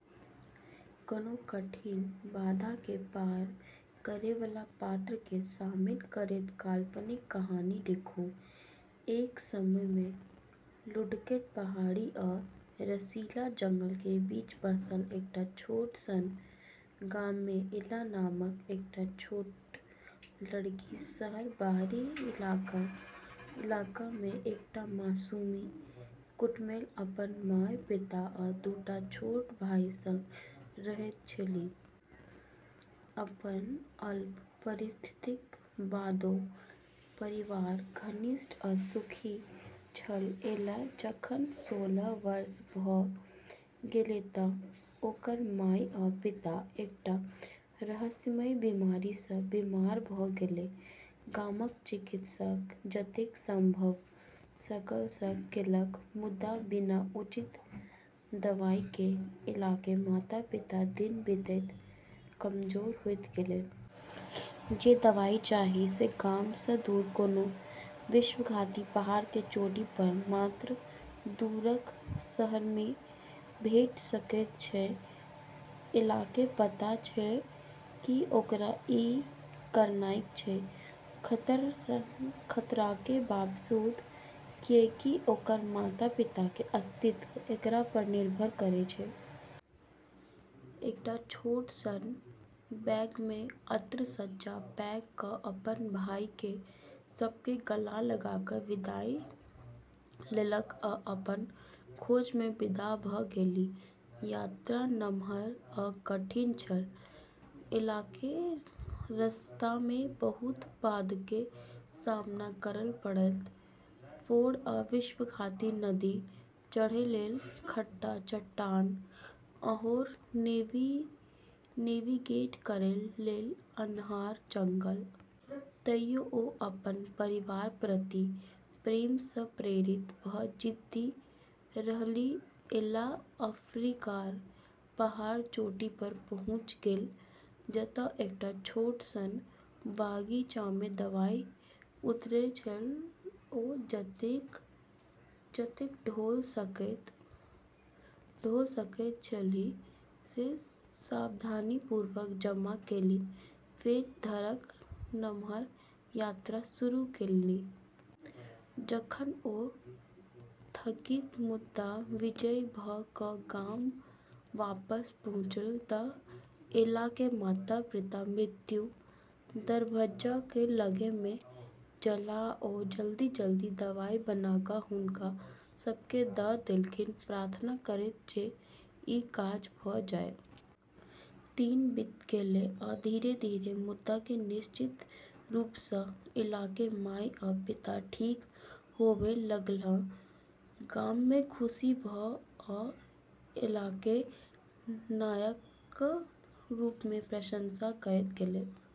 कोनो कठिन बाधाके पार करैबला पात्रके शामिल करैत काल्पनिक कहानी लिखू । एक समयमे लुढ़कैत पहाड़ी आ रसीला जंगलक बीच बसल एकटा छोट सन गाममे एला नामक एकटा छोट लड़की, शहरक बाहरी इलाकामे एकटा मामूली कुटीमे अपन माय, पिता आ दू टा छोट भाइक सङ्ग रहैत छलीह । अपन अल्प परिस्थितिक बादो परिवार घनिष्ठ आ सुखी छल। एला जखन सोलह वर्षक भ' गेलै त' ओकर माय आ पिता एकटा रहस्यमयी बीमारी सँ बीमार भ' गेलै। गामक चिकित्सक जतेक संभव भ' सकल से केलक, मुदा बिना उचित दवाइके एलाके माता-पिता दिन बीतैत कमजोर होइत गेल । जे दवाइ चाही से गामसँ दूर, कोनो विश्वासघाती पहाड़क चोटी पर मात्र दूरक शहरमे भेटि सकैत छल। एलाके पता छलै कि ओकरा ई यात्रा करनाइ छै, खतराके बावजूद, किएकि ओकर माता-पिताके अस्तित्व एकरा पर निर्भर करै छै। एकटा छोट सन बैगमे अन्न-सज्जा पैक क' अपन भाइ सभकेँ गला लगा क' विदाई लेलक आ अपन खोजमे विदा भ' गेलि। यात्रा नमहर आ कठिन छल। एलाके रस्तामे बहुत बाधाके सामना करऽ पड़लै: फोर्ड तक विश्वासघाती नदी, चढ़ै लेल खड़ा चट्टान, आओर नेविगेट करै लेल अन्हार जंगल । तइयो ओ अपन परिवारक प्रति प्रेमसँ प्रेरित भऽ जिद्दी रहलीह। एला आखिरकार पहाड़क चोटी पर पहुँचि गेल, जतय एकटा छोट सन बगीचामे दवाई उगैत छलैक। ओ जतेक ढो सकैत छलीह से सावधानीपूर्वक जमा केलनि, फेर घरक नमहर यात्रा शुरू केलनि। जखन ओ थकित मुदा विजयी भ' क' गाम वापस पहुँचलीह त' एला'क माता-पिता मृत्युक दरबज्जाक लग मे छलाह । ओ जलदी - जलदी दवाइ बना क' हुनका सभकेँ द' देलनि, प्रार्थना करैत जे ई काज भ' जाइ । दिन बीतैत गेलै, आ धीरे-धीरे मुदा निश्चित रूपसँ एलाके माय आ पिता ठीक होबय लगलाह। गाममे खुशी भेल, आ एलाकेँ नायकक रूपमे प्रशंसा कयल गेल।